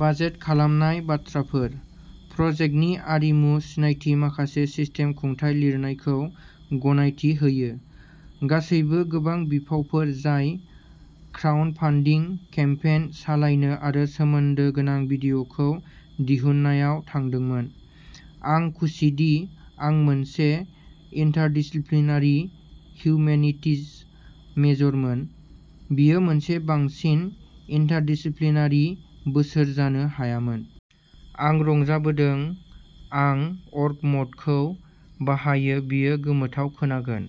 Budget खालामनाय बाथ्राफोर, प्रजेक्टनि आरिमु सिनायथि माखासे सिस्टेम खुंथाय, लिरनायखौ गनायथि होयो, गासैबो गोबां बिफावफोर जाय क्राउडफान्डिं केम्पेइन सालायनो आरो सोमोन्दो गोनां भिडिय'खौ दिहुननायाव थांदोंमोन। आं खुसिदि आं मोनसे इन्टारडिसिप्लिनारि हिउमेनिटीज मेजरमोन। बेयो मोनसे बांसिन इन्टारडिसिप्लिनारि बोसोर जानो हायामोन। आं रंजाबोदों आं अर्ग-मडखौ बाहायो बेयो गोमोथाव खोनागोन,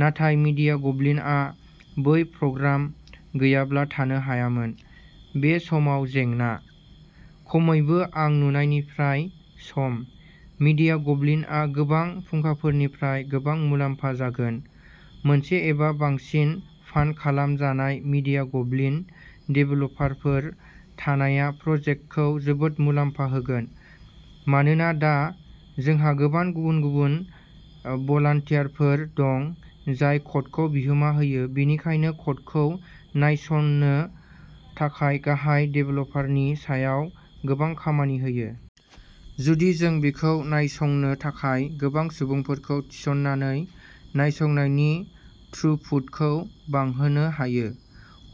नाथाय मीडियागब्लिनआ बै प्रग्राम गैयाब्ला थानो हायामोन। बे समाव जेंना, खमैबो आं नुनायनिफ्राय, सम। मीडियागब्लिनआ गोबां फुंखाफोरनिफ्राय गोबां मुलाम्फा जागोन, मोनसे एबा बांसिन फान्ड खालामजानाय मीडियागब्लिन देभेलपारफोर थानाया प्रजेक्तखौ जोबोद मुलाम्फा होगोन, मानोना दा, जोंहा गोबां गुबुन-गुबुन भलान्टियारफोर दं जाय क'डखौ बिहोमा होयो, बेनिखायनो क'डखौ नायसंनो थाखाय गाहाय देभेलपारनि सायाव गोबां खामानि होयो। जुदि जों बेखौ नायसंनो थाखाय गोबां सुबुंफोरखौ थिस'ननानै नायसंनायनि थ्रुपुटखौ बांहोनो हायो,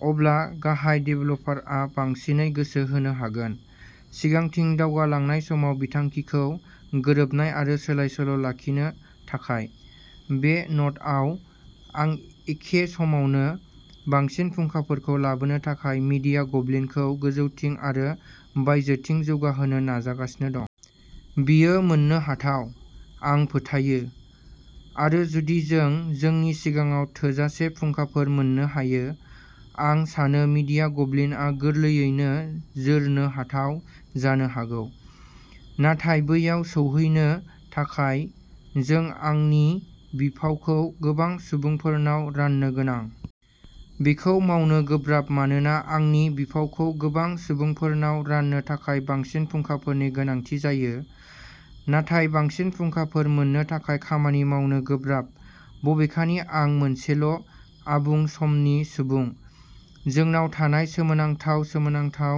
अब्ला गाहाय देभेलपारआ बांसिनै गोसो होनो हागोन। सिगांथिं दावगालांनाय समाव बिथांखिखौ गोरोबनाय आरो सोलाय सोल' लाखिनो थाखाय। बे नोटआव, आं एखे समावनो बांसिन फुंखाफोरखौ लाबोनो आरो मीडिया गब्लिनखौ गोजौथिं आरो बायजोथिं जौगाहोनो नाजागासिनो दं। बेयो मोन्नो हाथाव, आं फोथायो, आरो जुदि जों जोंनि सिगाङाव थोजासे फुंखाफोर मोन्नो हायो, आं सानो मीडिया गब्लिनआ गोरलैयैनो जोरनो हाथाव जानो हागौ। नाथाय बैयाव सौहैनो थाखाय, जों आंनि बिफावखौ गोबां सुबुंफोरनाव राननो गोनां। बेखौ मावनो गोब्राब मानोना आंनि बिफावखौ गोबां सुबुंफोरनाव राननो थाखाय बांसिन फुंखाफोरनि गोनांथि जायो, नाथाय बांसिन फुंखाफोर मोन्नो थाखाय खामानि मावनो गोब्राब, बबेखानि आं मोनसेल' आबुं समनि सुबुं, जोंनाव थानाय सोमोनांथाव, सोमोनांथाव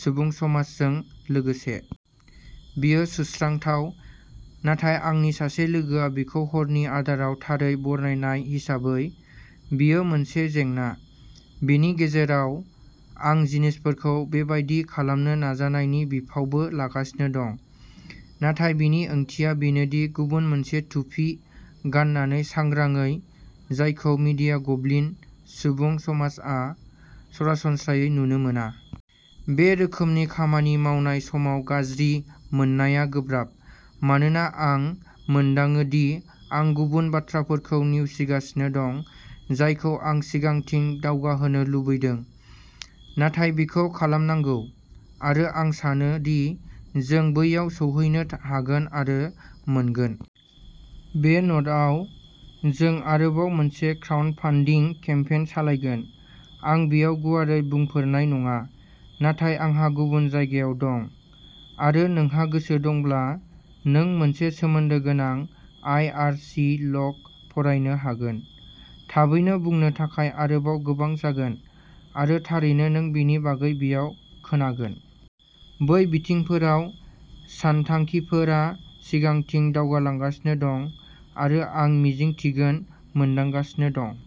सुबुं समाजजों लोगोसे। बेयो सुस्रांथाव, नाथाय आंनि सासे लोगोआ बेखौ हरनि आदाराव थारै बरनायनाय हिसाबै, बेयो मोनसे जेंना। बेनि गेजेराव, आं जिनिसफोरखौ बेबादि खालामनो नाजानायनि बिफावबो लागासिनो दं, नाथाय बेनि ओंथिया बेनो दि गुबुन मोनसे थुफि गाननानै सांग्रांयै, जायखौ मीडिया गब्लिन सुबुं समाजआ सरासनस्रायै नुनो मोना। बे रोखोमनि खामानि मावनाय समाव गाज्रि मोननाया गोब्राब, मानोना आं मोनदाङो दि आं गुबुन बाथ्राफोरखौ नेवसिगासिनो दं जायखौ आं सिगांथिं दावगाहोनो लुबैदों। नाथाय बेखौ खालामनांगौ। आरो आं सानोदि जों बैयाव सौहैनो हागोन आरो मोनगोन। बे नोटआव, जों आरोबाव मोनसे क्राउडफान्डिं केम्पेइन सालायगोन। आं बेयाव गुवारै बुंफोरनाय नङा, नाथाय आंहा गुबुन जायगायाव दं, आरो नोंहा गोसो दंब्ला, नों मोनसे सोमोन्दो गोनां आई आरसी लग फरायनो हागोन। थाबैनो बुंनो थाखाय आरोबाव गोबां जागोन, आरो थारैनो नों बेनि बागै बेयाव खोनांगोन। बै बिथिंफोराव सानथांखिफोरा सिगांथिं दावगालांगासिनो दं, आरो आं मिजिंथिगोनां मोनदांगासिनो दं।